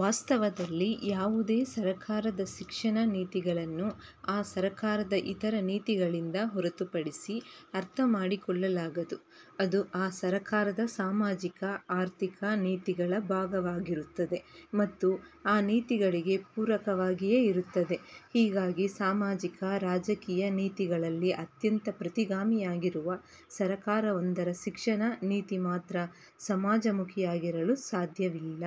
ವಾಸ್ತವದಲ್ಲಿ ಯಾವುದೇ ಸರಕಾರದ ಶಿಕ್ಷಣ ನೀತಿಗಳನ್ನು ಆ ಸರಕಾರದ ಇತರ ನೀತಿಗಳಿಂದ ಹೊರತು ಪಡಿಸಿ ಅರ್ಥಮಾಡಿಕೊಳ್ಳಲಾಗದು. ಅದು ಆ ಸರಕಾರದ ಸಾಮಾಜಿಕ-ಆರ್ಥಿಕ ನೀತಿಗಳ ಭಾಗವಾಗಿರುತ್ತದೆ ಮತ್ತು ಆ ನೀತಿಗಳಿಗೆ ಪೂರಕವಾಗಿಯೇ ಇರುತ್ತದೆ. ಹೀಗಾಗಿ ಸಾಮಾಜಿಕ-ರಾಜಕೀಯ ನೀತಿಗಳಲ್ಲಿ ಅತ್ಯಂತ ಪ್ರತಿಗಾಮಿಯಾಗಿರುವ ಸರಕಾರವೊಂದರ ಶಿಕ್ಷಣ ನೀತಿ ಮಾತ್ರ ಸಮಾಜಮುಖಿಯಾಗಿರಲು ಸಾಧ್ಯವಿಲ್ಲ.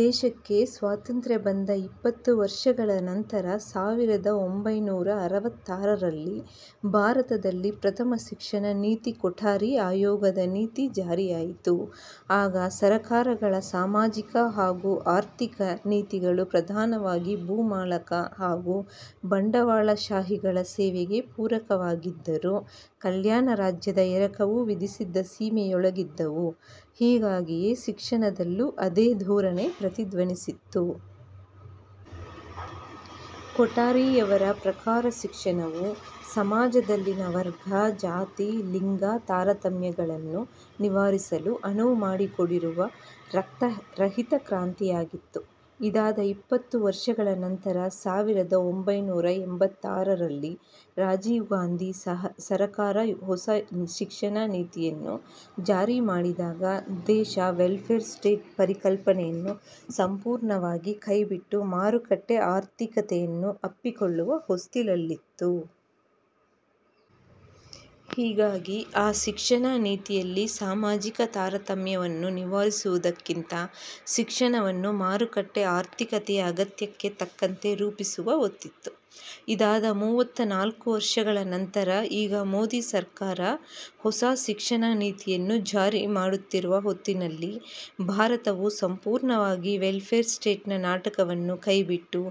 ದೇಶಕ್ಕೆ ಸ್ವಾತಂತ್ರ್ಯ ಬಂದ ಇಪ್ಪತ್ತು ವರ್ಷಗಳ ನಂತರ ಸಾವಿರದ ಒಂಭೈನೂರ ಅರವತ್ತಾರರಲ್ಲಿ ಭಾರತದಲ್ಲಿ ಪ್ರಥಮ ಶಿಕ್ಷಣ ನೀತಿ-ಕೊಠಾರಿ ಆಯೋಗದ ನೀತಿ ಜಾರಿಯಾಯಿತು. ಆಗ ಸರಕಾರಗಳ ಸಾಮಾಜಿಕ ಹಾಗೂ ಆರ್ಥಿಕ ನೀತಿಗಳು ಪ್ರಧಾನವಾಗಿ ಭೂಮಾಲಕ ಹಾಗೂ ಬಂಡವಾಳಶಾಹಿಗಳ ಸೇವೆಗೆ ಪೂರಕವಾಗಿದ್ದರೂ ಕಲ್ಯಾಣರಾಜ್ಯದ ಎರಕವು ವಿಧಿಸಿದ್ದ ಸೀಮೆಯೊಳಗಿದ್ದವು. ಹೀಗಾಗಿಯೇ ಶಿಕ್ಷಣದಲ್ಲೂ ಅದೇ ಧೋರಣೆ ಪ್ರತಿಧ್ವನಿಸಿತ್ತು. ಕೊಠಾರಿಯವರ ಪ್ರಕಾರ ಶಿಕ್ಷಣವು ಸಮಾಜದಲ್ಲಿನ ವರ್ಗ-ಜಾತಿ-ಲಿಂಗ ತಾರತಮ್ಯಗಳನ್ನು ನಿವಾರಿಸಲು ಅನುವು ಮಾಡಿಕೊಡುವ ರಕ್ತರಹಿತ ಕ್ರಾಂತಿಯಾಗಿತ್ತು. ಇದಾದ ಇಪ್ಪತ್ತು ವರ್ಷಗಳ ನಂತರ ಸಾವಿರದ ಒಂಭೈನೂರ ಎಂಭತ್ತಾರರಲ್ಲಿ ರಾಜೀವ್ ಗಾಂಧಿ ಸರಕಾರ ಹೊಸ ಶಿಕ್ಷಣ ನೀತಿಯನ್ನು ಜಾರಿ ಮಾಡಿದಾಗ ದೇಶ ವೆಲ್ಫೇರ್ ಸ್ಟೇಟ್ ಪರಿಕಲ್ಪನೆಯನ್ನು ಸಂಪೂರ್ಣವಾಗಿ ಕೈಬಿಟ್ಟು ಮಾರುಕಟ್ಟೆ ಆರ್ಥಿಕತೆಯನ್ನು ಅಪ್ಪಿಕೊಳ್ಳುವ ಹೊಸ್ತಿಲಲ್ಲಿತ್ತು. ಹೀಗಾಗಿ ಆ ಶಿಕ್ಷಣ ನೀತಿಯಲ್ಲಿ ಸಾಮಾಜಿಕ ತಾರತಮ್ಯವನ್ನು ನಿವಾರಿಸುವುದಕ್ಕಿಂತ ಶಿಕ್ಷಣವನ್ನು ಮಾರುಕಟ್ಟೆ ಆರ್ಥಿಕತೆಯ ಅಗತ್ಯಕ್ಕೆ ತಕ್ಕಂತೆ ರೂಪಿಸುವ ಒತ್ತಿತ್ತು. ಇದಾದ ಮೂವತ್ತ ನಾಲ್ಕು ವರ್ಷಗಳ ನಂತರ ಈಗ ಮೋದಿ ಸರಕಾರ ಹೊಸ ಶಿಕ್ಷಣ ನೀತಿಯನ್ನು ಜಾರಿ ಮಾಡುತ್ತಿರುವ ಹೊತ್ತಿನಲ್ಲಿ ಭಾರತವು ಸಂಪೂರ್ಣವಾಗಿ ವೆಲ್ಫೇರ್ ಸ್ಟೇಟ್ನ ನಾಟಕವನ್ನೂ ಕೈಬಿಟ್ಟು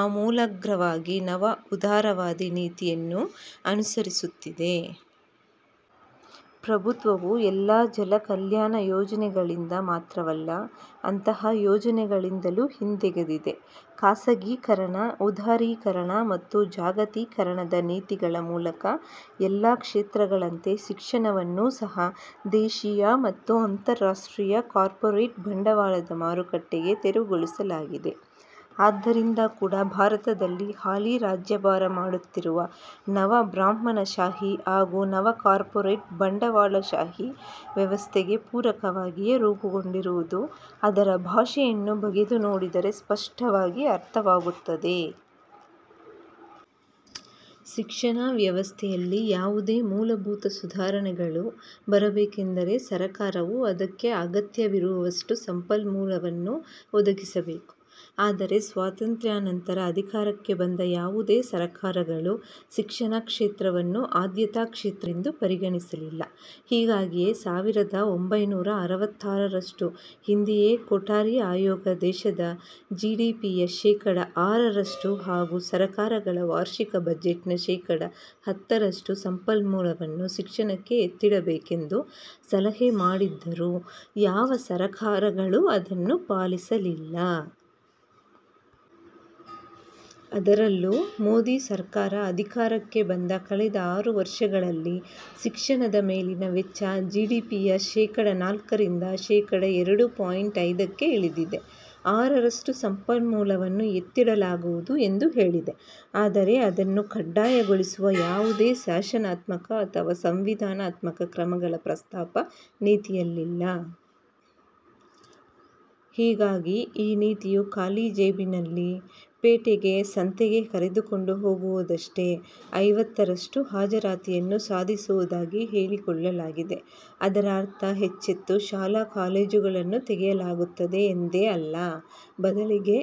ಆಮೂಲಾಗ್ರವಾಗಿ ನವ ಉದಾರವಾದಿ ನೀತಿಯನ್ನು ಅನುಸರಿಸುತ್ತಿದೆ. ಪ್ರಭುತ್ವವು ಎಲ್ಲಾ ಜನಕಲ್ಯಾಣ ಯೋಜನೆಗಳಿಂದ ಮಾತ್ರವಲ್ಲ ಅಂತಹ ಯೋಚನೆಗಳಿಂದಲೂ ಹಿಂದೆಗೆದಿದೆ. ಖಾಸಗೀಕರಣ ಉದಾರೀಕರಣ ಮತ್ತು ಜಾಗತೀಕರಣದ ನೀತಿಗಳ ಮೂಲಕ ಎಲ್ಲಾ ಕ್ಷೇತ್ರಗಳಂತೆ ಶಿಕ್ಷಣವನ್ನೂ ಸಹ ದೇಶೀಯ ಮತ್ತು ಅಂತರ್ರಾಷ್ಟ್ರೀಯ ಕಾರ್ಪೊರೇಟ್ ಬಂಡವಾಳದ ಮಾರುಕಟ್ಟೆಗೆ ತೆರೆವುಗೊಳಿಸಲಾಗಿದೆ. ಆದ್ದರಿಂದ ಕೂಡಾ ಭಾರತದಲ್ಲಿ ಹಾಲಿ ರಾಜ್ಯಭಾರ ಮಾಡುತ್ತಿರುವ ನವಬ್ರಾಹ್ಮಣಶಾಹಿ ಹಾಗೂ ನವಕಾರ್ಪೊರೇಟ್ ಬಂಡವಾಳಶಾಹಿ ವ್ಯವಸ್ಥೆಗೆ ಪೂರಕವಾಗಿಯೇ ರೂಪುಗೊಂಡಿರುವುದು ಅದರ ಭಾಷೆಯನ್ನು ಬಗೆದು ನೋಡಿದರೆ ಸ್ಪಷ್ಟವಾಗಿ ಅರ್ಥವಾಗುತ್ತದೆ. ಶಿಕ್ಷಣ ವ್ಯವಸ್ಥೆಯಲ್ಲಿ ಯಾವುದೇ ಮೂಲಭೂತ ಸುಧಾರಣೆಗಳು ಬರಬೇಕೆಂದರೆ ಸರಕಾರವು ಅದಕ್ಕೆ ಅಗತ್ಯವಿರುವಷ್ಟು ಸಂಪನ್ಮೂಲವನ್ನು ಒದಗಿಸಬೇಕು. ಆದರೆ ಸ್ವಾತಂತ್ರ್ಯಾ ನಂತರ ಅಧಿಕಾರಕ್ಕೆ ಬಂದ ಯಾವುದೇ ಸರಕಾರಗಳು ಶಿಕ್ಷಣ ಕ್ಷೇತ್ರವನ್ನು ಆದ್ಯತಾ ಕ್ಷೇತ್ರವೆಂದು ಪರಿಗಣಿಸಲಿಲ್ಲ. ಹೀಗಾಗಿಯೇ ಸಾವಿರದ ಒಂಭೈನೂರ ಅರವತ್ತಾರರಷ್ಟು ಹಿಂದೆಯೇ ಕೊಠಾರಿ ಆಯೋಗ ದೇಶದ ಜಿಡಿಪಿಯ ಶೇಕಡಾ ಆರರಷ್ಟು ಹಾಗೂ ಸರಕಾರಗಳ ವಾರ್ಷಿಕ ಬಜೆಟ್ನ ಶೇಕಡಾ ಹತ್ತರಷ್ಟು ಸಂಪನ್ಮೂಲವನ್ನು ಶಿಕ್ಷಣಕ್ಕೆ ಎತ್ತಿಡಬೇಕೆಂದು ಸಲಹೆ ಮಾಡಿದ್ದರೂ ಯಾವ ಸರಕಾರಗಳೂ ಅದನ್ನು ಪಾಲಿಸಲಿಲ್ಲ. ಅದರಲ್ಲೂ ಮೋದಿ ಸರಕಾರ ಅಧಿಕಾರಕ್ಕೆ ಬಂದ ಕಳೆದ ಆರು ವರ್ಷಗಳಲ್ಲಿ ಶಿಕ್ಷಣದ ಮೇಲಿನ ವೆಚ್ಚ ಜಿಡಿಪಿಯ ಶೇಕಡಾ ನಾಲ್ಕರಿಂದ ಶೇಕಡಾ ಎರಡು ಪಾಯಿಂಟ್ ಐದಕ್ಕೆ ಇಳಿದಿದೆ. ಆರರಷ್ಟು ಸಂಪನ್ಮೂಲವನ್ನು ಎತ್ತಿಡಲಾಗುವುದು ಎಂದು ಹೇಳಿದೆ. ಆದರೆ ಅದನ್ನು ಕಡ್ಡಾಯಗೊಳಿಸುವ ಯಾವುದೇ ಶಾಸನಾತ್ಮಕ ಅಥವಾ ಸಂವಿಧಾನಾತ್ಮಕ ಕ್ರಮಗಳ ಪ್ರಸ್ತಾಪ ನೀತಿಯಲ್ಲಿಲ್ಲ. ಹೀಗಾಗಿ ಈ ನೀತಿಯು ಖಾಲಿ ಜೇಬಿನಲ್ಲಿ ಪೇಟೆಯ ಸಂತೆಗೆ ಕರೆದುಕೊಂಡು ಹೋಗುತ್ತಿದೆಯಷ್ಟೆ. ಐವತ್ತರಷ್ಟು ಹಾಜರಾತಿಯನ್ನು ಸಾಧಿಸುವುದಾಗಿ ಹೇಳಿಕೊಳ್ಳಲಾಗಿದೆ. ಅದರ ಅರ್ಥ ಹೆಚ್ಚೆಚ್ಚು ಶಾಲಾ- ಕಾಲೇಜುಗಳನ್ನು ತೆಗೆಯಲಾಗುತ್ತದೆ ಎಂದೇ? ಅಲ್ಲ. ಬದಲಿಗೆ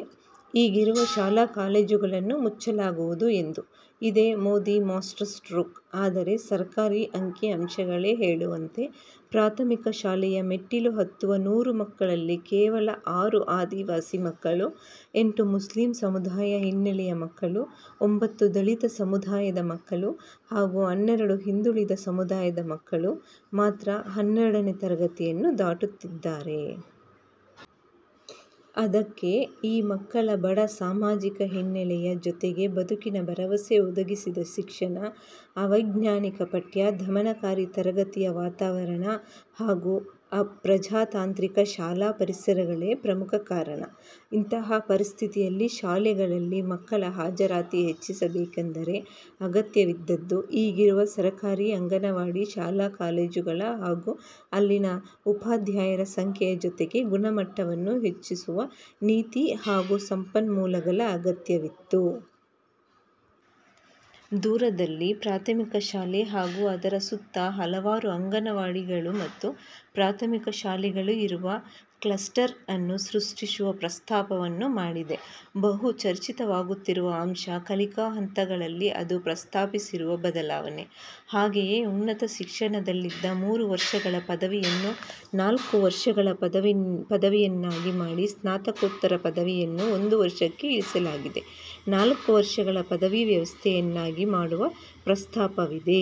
ಈಗಿರುವ ಶಾಲಾ-ಕಾಲೇಜುಗಳನ್ನು ಮುಚ್ಚಲಾಗುವುದು ಎಂದು. ಇದೇ ಮೋದಿ ಮಾಸ್ಟರ್ ಸ್ಟ್ರೋಕ್ ಆದರೆ ಸರಕಾರಿ ಅಂಕಿ ಅಂಶಗಳೇ ಹೇಳುವಂತೆ ಪ್ರಾಥಮಿಕ ಶಾಲೆಯ ಮೆಟ್ಟಿಲು ಹತ್ತುವ ನೂರು ಮಕ್ಕಳಲ್ಲಿ ಕೇವಲ ಆರು ಆದಿವಾಸಿ ಮಕ್ಕಳು, ಎಂಟು ಮುಸ್ಲಿಂ ಸಮುದಾಯದ ಹಿನ್ನೆಲೆಯ ಮಕ್ಕಳು, ಒಂಭತ್ತು ದಲಿತ ಸಮುದಾಯದ ಮಕ್ಕಳು ಹಾಗೂ ಹನ್ನೆರಡು ಹಿಂದುಳಿದ ಸಮುದಾಯದ ಮಕ್ಕಳು ಮಾತ್ರ ಹನ್ನೆರಡನೇ ತರಗತಿಯನ್ನು ದಾಟುತ್ತಾರೆ. ಅದಕ್ಕೆ ಈ ಮಕ್ಕಳ ಬಡ ಸಾಮಾಜಿಕ ಹಿನ್ನೆಲೆಯ ಜೊತೆಗೆ ಬದುಕಿನ ಭರವಸೆ ಒದಗಿಸದ ಶಿಕ್ಷಣ, ಅವೈಜ್ಞಾನಿಕ ಪಠ್ಯ, ದಮನಕಾರಿ ತರಗತಿಯ ವಾತಾವರಣ ಹಾಗೂ ಅಪ್ರಜಾತಾಂತ್ರಿಕ ಶಾಲಾ ಪರಿಸರಗಳೇ ಪ್ರಮುಖ ಕಾರಣ. ಇಂತಹ ಪರಿಸ್ಥಿತಿಯಲ್ಲಿ ಶಾಲೆಗಳಲ್ಲಿ ಮಕ್ಕಳ ಹಾಜರಾತಿ ಹೆಚ್ಚಿಸಬೇಕೆಂದರೆ ಅಗತ್ಯವಿದ್ದದ್ದು ಈಗಿರುವ ಸರಕಾರಿ ಅಂಗನವಾಡಿ ಶಾಲಾ- ಕಾಲೇಜುಗಳ ಹಾಗೂ ಅಲ್ಲಿನ ಉಪಾಧ್ಯಾಯರ ಸಂಖ್ಯೆಯ ಜೊತೆಗೆ ಗುಣಮಟ್ಟವನ್ನೂ ಹೆಚ್ಚಿಸುವ ನೀತಿ ಹಾಗೂ ಸಂಪನ್ಮೂಲಗಳ ಅಗತ್ಯವಿತ್ತು. ದೂರದಲ್ಲಿ ಪ್ರಾಥಮಿಕ ಶಾಲೆ ಹಾಗೂ ಅದರ ಸುತ್ತ ಹಲವಾರು ಅಂಗನವಾಡಿಗಳು ಮತ್ತು ಪ್ರಾಥಮಿಕ ಶಾಲೆಗಳು ಇರುವ 'ಕ್ಲಸ್ಟರ್' ಅನ್ನು ಸೃಷ್ಟಿಸುವ ಪ್ರಸ್ತಾಪವನ್ನು ಮಾಡಿದೆ. ಬಹು ಚರ್ಚಿತವಾಗುತ್ತಿರುವ ಅಂಶ ಕಲಿಕಾ ಹಂತಗಳಲ್ಲಿ ಅದು ಪ್ರಸ್ತಾಪಿಸಿರುವ ಬದಲಾವಣೆ. ಹಾಗೆಯೇ ಉನ್ನತ ಶಿಕ್ಷಣದಲ್ಲಿದ್ದ ಮೂರು ವರ್ಷಗಳ ಪದವಿಯನ್ನು ನಾಲ್ಕು ವರ್ಷಗಳ ಪದವಿಯನ್ನಾಗಿ ಮಾಡಿ ಸ್ನಾತಕೋತ್ತರ ಪದವಿಯನ್ನು ಒಂದು ವರ್ಷಕ್ಕೆ ಇಳಿಸಲಾಗಿದೆ. ನಾಲ್ಕು ವರ್ಷಗಳ ಪದವಿ ವ್ಯವಸ್ಥೆಯನ್ನು ಆಗಿ ಮಾಡುವ ಪ್ರಸ್ತಾಪವಿದೆ.